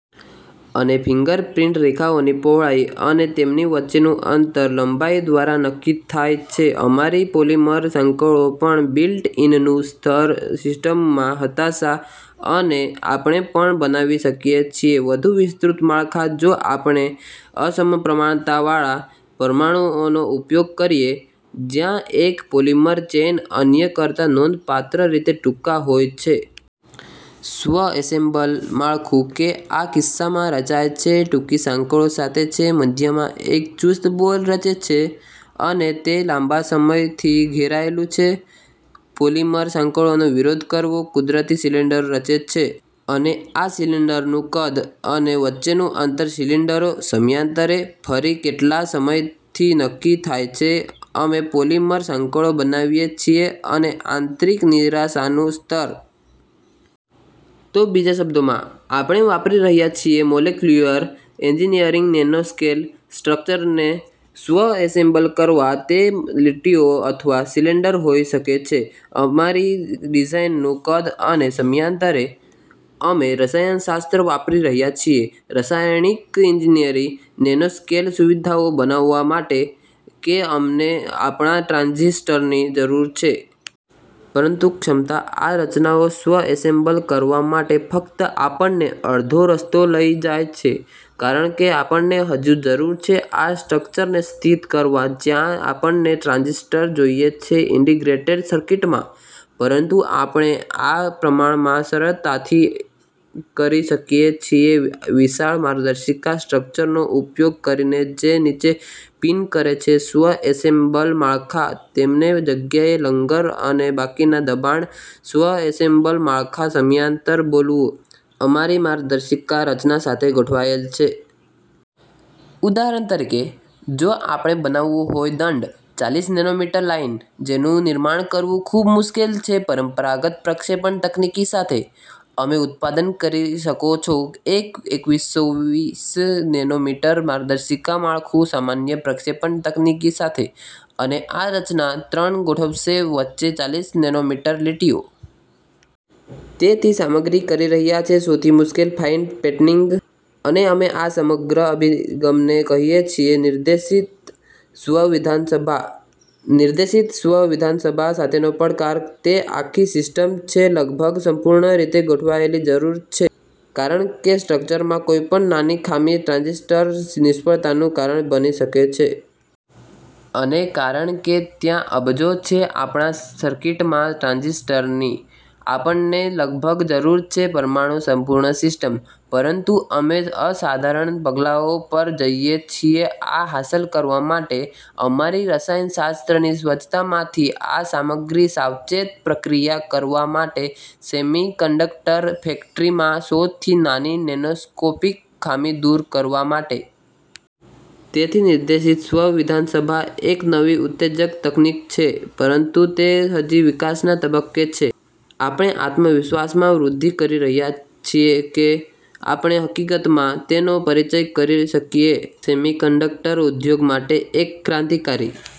અને ફિંગરપ્રિન્ટ રેખાઓની પહોળાઈ અને તેમની વચ્ચેનું અંતર લંબાઈ દ્વારા નક્કી થાય છે અમારી પોલિમર સાંકળો પણ બિલ્ટ-ઇનનું સ્તર સિસ્ટમમાં હતાશા. અને આપણે પણ બનાવી શકીએ છીએ વધુ વિસ્તૃત માળખાં જો આપણે અસમપ્રમાણતાવાળા પરમાણુઓનો ઉપયોગ કરીએ, જ્યાં એક પોલિમર ચેઇન અન્ય કરતા નોંધપાત્ર રીતે ટૂંકા હોય છે. સ્વ-એસેમ્બલ માળખું કે આ કિસ્સામાં રચાય છે ટૂંકી સાંકળો સાથે છે મધ્યમાં એક ચુસ્ત બોલ રચે છે, અને તે લાંબા સમયથી ઘેરાયેલું છે, પોલિમર સાંકળોનો વિરોધ કરવો, કુદરતી સિલિન્ડર રચે છે. અને આ સિલિન્ડરનું કદ અને વચ્ચેનું અંતર સિલિન્ડરો, સમયાંતરે, ફરી કેટલા સમયથી નક્કી થાય છે અમે પોલિમર સાંકળો બનાવીએ છીએ અને આંતરિક નિરાશાનું સ્તર. તો બીજા શબ્દોમાં, આપણે વાપરી રહ્યા છીએ મોલેક્યુલર એન્જિનિયરિંગ નેનોસ્કેલ સ્ટ્રક્ચર્સને સ્વ-એસેમ્બલ કરવા તે લીટીઓ અથવા સિલિન્ડર હોઈ શકે છે અમારી ડિઝાઇનનું કદ અને સમયાંતરે. અમે રસાયણશાસ્ત્ર વાપરી રહ્યા છીએ, રાસાયણિક ઇજનેરી, નેનોસ્કેલ સુવિધાઓ બનાવવા માટે કે અમને આપણા ટ્રાંઝિસ્ટરની જરૂર છે. પરંતુ ક્ષમતા આ રચનાઓ સ્વ-એસેમ્બલ કરવા માટે ફક્ત આપણને અડધો રસ્તો લઈ જાય છે, કારણ કે આપણને હજી જરૂર છે આ સ્ટ્રક્ચર્સને સ્થિત કરવા જ્યાં આપણને ટ્રાંઝિસ્ટર જોઈએ છે ઇન્ટિગ્રેટેડ સર્કિટમાં. પરંતુ આપણે આ પ્રમાણમાં સરળતાથી કરી શકીએ છીએ વિશાળ માર્ગદર્શિકા સ્ટ્રક્ચર્સનો ઉપયોગ કરીને જે નીચે પિન કરે છે સ્વ-એસેમ્બલ માળખાં, તેમને જગ્યાએ લંગર અને બાકીના દબાણ સ્વ-એસેમ્બલ માળખાં સમાંતર બોલવું, અમારી માર્ગદર્શિકા રચના સાથે ગોઠવાયેલ છે. ઉદાહરણ તરીકે, જો આપણે બનાવવું હોય તો દંડ, ચાલીસ નેનોમીટર લાઇન, જેનું નિર્માણ કરવું ખૂબ મુશ્કેલ છે પરંપરાગત પ્રક્ષેપણ તકનીક સાથે, અમે ઉત્પાદન કરી શકો છો એક એકસોવીસ નેનોમીટર માર્ગદર્શિકા માળખું સામાન્ય પ્રક્ષેપણ તકનીક સાથે, અને આ રચના ત્રણ ગોઠવશે વચ્ચે ચાલીસ નેનોમીટર લીટીઓ. તેથી સામગ્રી કરી રહ્યા છે સૌથી મુશ્કેલ ફાઇન પેટર્નિંગ. અને અમે આ સમગ્ર અભિગમને કહીએ છીએ "નિર્દેશિત સ્વ-વિધાનસભા. " નિર્દેશિત સ્વ-વિધાનસભા સાથેનો પડકાર તે આખી સિસ્ટમ છે લગભગ સંપૂર્ણ રીતે ગોઠવવાની જરૂર છે, કારણ કે સ્ટ્રક્ચરમાં કોઈપણ નાના ખામી ટ્રાંઝિસ્ટર નિષ્ફળતાનું કારણ બની શકે છે. અને કારણ કે ત્યાં અબજો છે આપણા સર્કિટમાં ટ્રાંઝિસ્ટરની, આપણને લગભગ જરૂર છે પરમાણુ સંપૂર્ણ સિસ્ટમ. પરંતુ અમે અસાધારણ પગલાઓ પર જઈએ છીએ આ હાંસલ કરવા માટે, અમારી રસાયણશાસ્ત્રની સ્વચ્છતામાંથી આ સામગ્રી સાવચેત પ્રક્રિયા કરવા માટે સેમિકન્ડક્ટર ફેક્ટરીમાં સૌથી નાની નેનોસ્કોપિક ખામી દૂર કરવા માટે. તેથી નિર્દેશિત સ્વ-વિધાનસભા એક નવી ઉત્તેજક તકનીક છે, પરંતુ તે હજી વિકાસના તબક્કે છે. આપણે આત્મવિશ્વાસમાં વૃદ્ધિ કરી રહ્યા છીએ કે આપણે, હકીકતમાં, તેનો પરિચય કરી શકીએ સેમિકન્ડક્ટર ઉદ્યોગ માટે એક ક્રાંતિકારી